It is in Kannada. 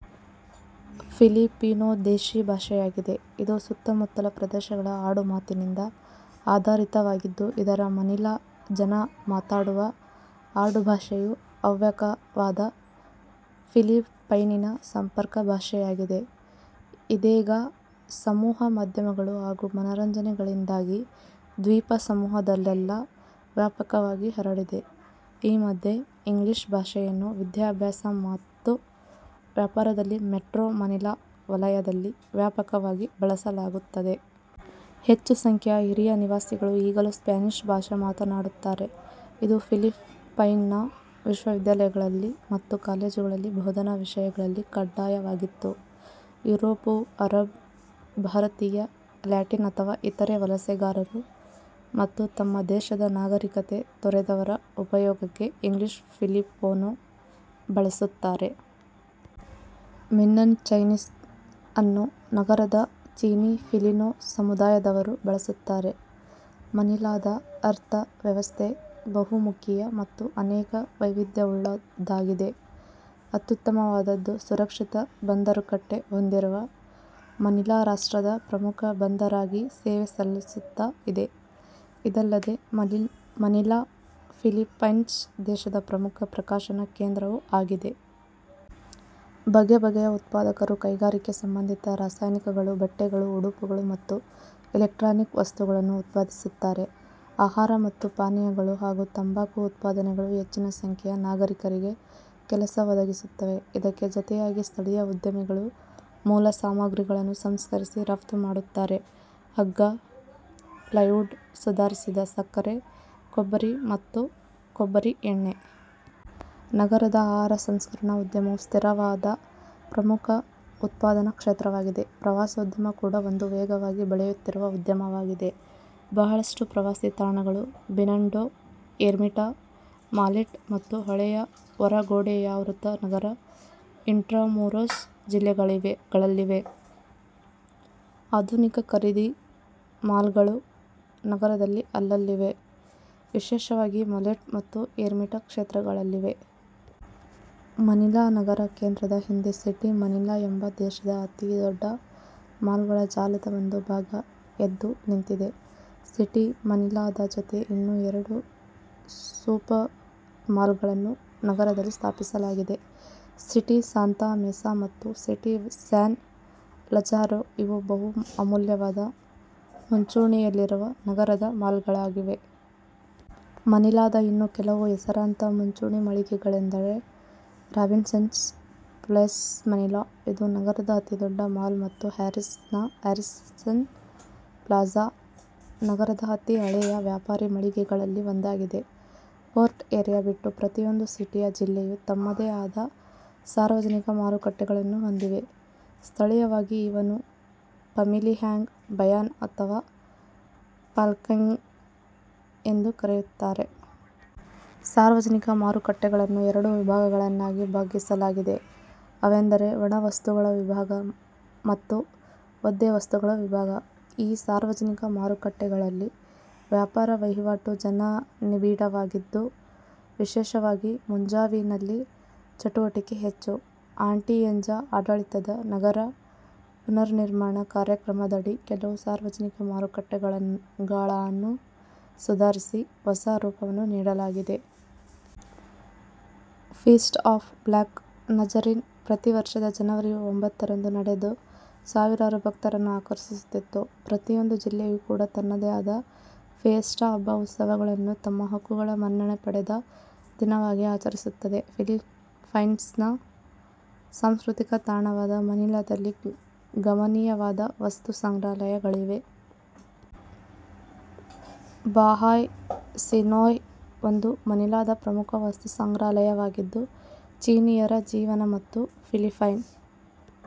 ಫಿಲಿಪಿನೊ ದೇಶೀ ಭಾಷೆಯಾಗಿದೆ, ಇದು ಸುತ್ತಮುತ್ತಲ ಪ್ರದೇಶಗಳ ಆಡು ಮಾತಿನಿಂದ ಆಧಾರಿತವಾಗಿದ್ದು, ಇದರ ಮನಿಲಾ ಜನ ಮಾತಾಡುವ ಆಡುಭಾಷೆಯು ಅವ್ಯಕವಾದ ಫಿಲಿಪೈನಿನ ಸಂಪರ್ಕ ಭಾಷೆಯಾಗಿದೆ, ಇದೇಗ ಸಮೂಹ ಮಾಧ್ಯಮಗಳು ಹಾಗೂ ಮನರಂಜನೆಗಳಿಂದಾಗಿ ದ್ವೀಪ ಸಮೂಹದಲ್ಲೆಲ್ಲಾ ವ್ಯಾಪಕವಾಗಿ ಹರಡಿದೆ. ಈ ಮಧ್ಯೆ, ಇಂಗ್ಲಿಷ್ ಭಾಷೆಯನ್ನು ವಿದ್ಯಾಭ್ಯಾಸ ಮತ್ತು ವ್ಯಾಪಾರದಲ್ಲಿ ಮೆಟ್ರೋ-ಮನಿಲಾ ವಲಯದಲ್ಲಿ ವ್ಯಾಪಕವಾಗಿ ಬಳಸಲಾಗುತ್ತದೆ. ಹೆಚ್ಚು ಸಂಖ್ಯೆಯ ಹಿರಿಯ ನಿವಾಸಿಗಳು ಈಗಲೂ ಸ್ಪ್ಯಾನಿಷ್ ಭಾಷೆ ಮಾತನಾಡುತ್ತಾರೆ. ಇದು ಫಿಲಿಪ್ಪೈನ್ನ ವಿಶ್ವ ವಿದ್ಯಾಲಯಗಳಲ್ಲಿ ಮತ್ತು ಕಾಲೇಜುಗಳಲ್ಲಿ ಬೋಧನಾ ವಿಷಯಗಳಲ್ಲಿ ಕಡ್ಡಾಯವಾಗಿತ್ತು. Europe, Arab. ಭಾರತೀಯ, ಲ್ಯಾಟಿನ್ ಅಥವಾ ಇತರೆ ವಲಸೆಗಾರರು ಮತ್ತು ತಮ್ಮ ದೇಶದ ನಾಗರೀಕತೆ ತೊರೆದವರ ಉಪಯೋಗಕ್ಕೆ ಇಂಗ್ಲಿಷ್ ಫಿಲಿಪೊನೊ ಬಳಸುತ್ತಾರೆ. ಮಿನ್ನನ್ ಚೈನೀಸ್ ಯನ್ನು ನಗರದ ಚೀನಿ-ಫಿಲಿನೊ ಸಮುದಾಯದವರು ಬಳಸುತ್ತಾರೆ. ಮನಿಲಾದ ಅರ್ಥ ವ್ಯವಸ್ಥೆ ಬಹು ಮುಖೀಯ ಮತ್ತು ಅನೇಕ ವೈವಿದ್ಯವುಳ್ಳದ್ದಾಗಿದೆ. ಅತ್ಯುತ್ತಮವಾದದ್ದು, ಸುರಕ್ಷಿತ ಬಂದರುಕಟ್ಟೆ ಹೊಂದಿರುವ ಮನಿಲಾ ರಾಷ್ಟ್ರದ ಪ್ರಮುಖ ಬಂದರಾಗಿ ಸೇವೆ ಸಲ್ಲಿಸುತ್ತಾ ಇದೆ. ಇದಲ್ಲದೆ, ಮನಿಲಾ ಫಿಲಿಪ್ಪೈನ್ಸ್ ದೇಶದ ಪ್ರಮುಖ ಪ್ರಕಾಶನ ಕೇಂದ್ರವೂ ಆಗಿದೆ. ಬಗೆ ಬಗೆಯ ಉತ್ಪಾದಕರು, ಕೈಗಾರಿಕೆ ಸಂಬಂಧಿತ ರಸಾಯನಿಕಗಳು, ಬಟ್ಟೆಗಳು, ಉಡುಪುಗಳು ಮತ್ತು ಎಲೆಕ್ಟ್ರಾನಿಕ್ ವಸ್ತುಗಳನ್ನು ಉತ್ಪಾದಿಸುತ್ತಾರೆ. ಆಹಾರ ಮತ್ತು ಪಾನೀಯಗಳು ಹಾಗೂ ತಂಬಾಕು ಉತ್ಪಾದನೆಗಳು ಹೆಚ್ಚಿನ ಸಂಖ್ಯೆಯ ನಾಗರೀಕರಿಗೆ ಕೆಲಸ ಒದಗಿಸುತ್ತವೆ. ಇದಕ್ಕೆ ಜೊತೆಯಾಗಿ, ಸ್ಥಳೀಯ ಉದ್ಯಮಿಗಳು ಮೂಲ ಸಾಮಗ್ರಿಗಳನ್ನು ಸಂಸ್ಕರಿಸಿ ರಫ್ತು ಮಾಡುತ್ತಾರೆ, ಹಗ್ಗ, ಪ್ಲೈವುಡ್, ಸುಧಾರಿಸಿದ ಸಕ್ಕರೆ, ಕೊಬ್ಬರಿ, ಮತ್ತು ಕೊಬ್ಬರಿ ಎಣ್ಣೆ. ನಗರದ ಆಹಾರ ಸಂಸ್ಕರಣಾ ಉದ್ಯಮವು ಸ್ಥಿರವಾದ ಪ್ರಮುಖ ಉತ್ಪಾದನಾ ಕ್ಷೇತ್ರವಾಗಿದೆ. ಪ್ರವಾಸೋದ್ಯಮ ಕೂಡಾ ಒಂದು ವೇಗವಾಗಿ ಬೆಳೆಯುತ್ತಿರುವ ಉದ್ಯಮವಾಗಿದೆ. ಬಹಳಷ್ಟು ಪ್ರವಾಸಿ ತಾಣಗಳು ಬಿನಂಡೊ, ಎರ್ಮಿಟಾ, ಮಾಲೇಟ್ ಮತ್ತು ಹಳೆಯ ಹೊರಗೋಡೆಯಾವೃತ ನಗರ, ಇಂಟ್ರಾಮುರೊಸ್ ಜಿಲ್ಲೆಗಳಲ್ಲಿವೆ. ಆಧುನಿಕ ಖರೀದಿ ಮಾಲ್ಗಳು ನಗರದಲ್ಲಿ ಅಲ್ಲಲ್ಲಿವೆ. ವಿಶೇಷವಾಗಿ ಮಲೇಟ್ ಮತ್ತು ಎರ್ಮಿಟಾ ಕ್ಷೇತ್ರಗಳಲ್ಲಿವೆ. ಮನಿಲಾ ನಗರ ಕೇಂದ್ರದ ಹಿಂದೆ ಸಿಟಿ ಮನಿಲಾ ಎಂಬ ದೇಶದ ಅತಿ ದೊಡ್ಡ ಮಾಲ್ಗಳ ಜಾಲದ ಒಂದು ಭಾಗ ಎದ್ದು ನಿಂತಿದೆ. ಸಿಟಿ ಮನಿಲಾದ, ಜೊತೆ ಇನ್ನೂ ಎರಡು ಸೂಪರ್ಮಾಲ್ಗಳನ್ನು ನಗರದಲ್ಲಿ ಸ್ಥಾಪಿಸಲಾಗಿದೆ, ಸಿಟಿ ಸಾಂತಾ ಮೆಸಾ ಮತ್ತು ಸಿಟಿ ಸ್ಯಾನ್ ಲಜಾರೊ, ಇವು ಬಹು ಅಮೂಲ್ಯವಾದ ಮುಂಚೂಣಿಯಲ್ಲಿರುವ ನಗರದ ಮಾಲ್ಗಳಾಗಿವೆ. ಮನಿಲಾದ ಇನ್ನೂ ಕೆಲವು ಹೆಸರಾಂತ ಮುಂಚೂಣಿ ಮಳಿಗೆಗಳೆಂದರೆ ರಾಬಿನ್ಸನ್ಸ್ ಪ್ಲೇಸ್ ಮನಿಲಾ, ಇದು ನಗರದ ಅತಿ ದೊಡ್ಡ ಮಾಲ್, ಮತ್ತು ಹ್ಯಾರಿಸನ್ ಪ್ಲಾಜಾ ನಗರದ ಅತಿ ಹಳೆಯ ವ್ಯಾಪಾರಿ ಮಳಿಗೆಗಳಲ್ಲಿ ಒಂದಾಗಿದೆ. ಪೋರ್ಟ್ ಏರಿಯಾ ಬಿಟ್ಟು ಪ್ರತಿಯೊಂದು ಸಿಟಿಯ ಜಿಲ್ಲೆಯು ತಮ್ಮದೇ ಆದ ಸಾರ್ವಜನಿಕ ಮಾರುಕಟ್ಟೆಗಳನ್ನು ಹೊಂದಿವೆ, ಸ್ಥಳೀಯವಾಗಿ ಇವನ್ನು ಪಮಿಲಿಹ್ಯಾಂಗ್ ಬಯಾನ್ ಅಥವಾ ಪಾಲೆಂಗ್ಕೆ ಎಂದು ಕರೆಯುತ್ತಾರೆ. ಸಾರ್ವಜನಿಕ ಮಾರುಕಟ್ಟೆಗಳನ್ನು ಎರಡು ವಿಭಾಗಗಳನ್ನಾಗಿ ಭಾಗಿಸಲಾಗಿದೆ. ಅವೆಂದರೆ ಒಣ ವಸ್ತುಗಳ ವಿಭಾಗ ಮತ್ತು ಒದ್ದೆ ವಸ್ತುಗಳ ವಿಭಾಗ. ಈ ಸಾರ್ವಜನಿಕ ಮಾರುಕಟ್ಟೆಗಳಲ್ಲಿ ವ್ಯಾಪಾರ ವಹಿವಾಟು ಜನನಿಬಿಡವಾಗಿದ್ದು ವಿಶೇಷವಾಗಿ ಮುಂಜಾವಿನಲ್ಲಿ ಚಟುವಟಿಕೆ ಹೆಚ್ಚು. ಆಟಿಯಂಜಾ ಆಡಳಿತದ ನಗರ ಪುನರ್ನಿರ್ಮಾಣ ಕಾರ್ಯಕ್ರಮದಡಿ ಕೆಲವು ಸಾರ್ವಜನಿಕ ಮಾರುಕಟ್ಟೆಗಳಾನ್ನು ಸುಧಾರಿಸಿ ಹೊಸ ರೂಪವನ್ನು ನೀಡಲಾಗಿದೆ. ಫೀಸ್ಟ್ ಆಫ್ ಬ್ಲಾಕ್ ನಜರಿನ್ ಪ್ರತಿ ವರ್ಷದ ಜನವರಿ ಒಂಭತ್ತರಂದು ನಡೆದು ಸಾವಿರಾರು ಭಕ್ತರನ್ನು ಆಕರ್ಷಿಸುತ್ತಿತ್ತು. ಪ್ರತಿಯೊಂದು ಜಿಲ್ಲೆಯೂ ಕೂಡಾ ತನ್ನದೇ ಆದ ಫಿಯೆಸ್ಟಾ ಹಬ್ಬ, ಉತ್ಸವಗಳನ್ನು ತಮ್ಮ ಹಕ್ಕುಗಳ ಮನ್ನಣೆ ಪಡೆದ ದಿನವಾಗಿ ಆಚರಿಸುತ್ತದೆ. ಫಿಲಿಪ್ಪೈನ್ಸ್ನ ಸಾಂಸ್ಕೃತಿಕ ತಾಣವಾದ ಮನಿಲದಲ್ಲಿ ಗಮನೀಯವಾದ ವಸ್ತು ಸಂಗ್ರಹಾಲಯಗಳಿವೆ. ಬಹಾಯ್ ಸಿನೋಯ್ ಒಂದು ಮನಿಲಾದ ಪ್ರಮುಖ ವಸ್ತು ಸಂಗ್ರಹಾಲಯವಾಗಿದ್ದು ಚೀನೀಯರ ಜೀವನ ಮತ್ತು ಫಿಲಿಪೈನ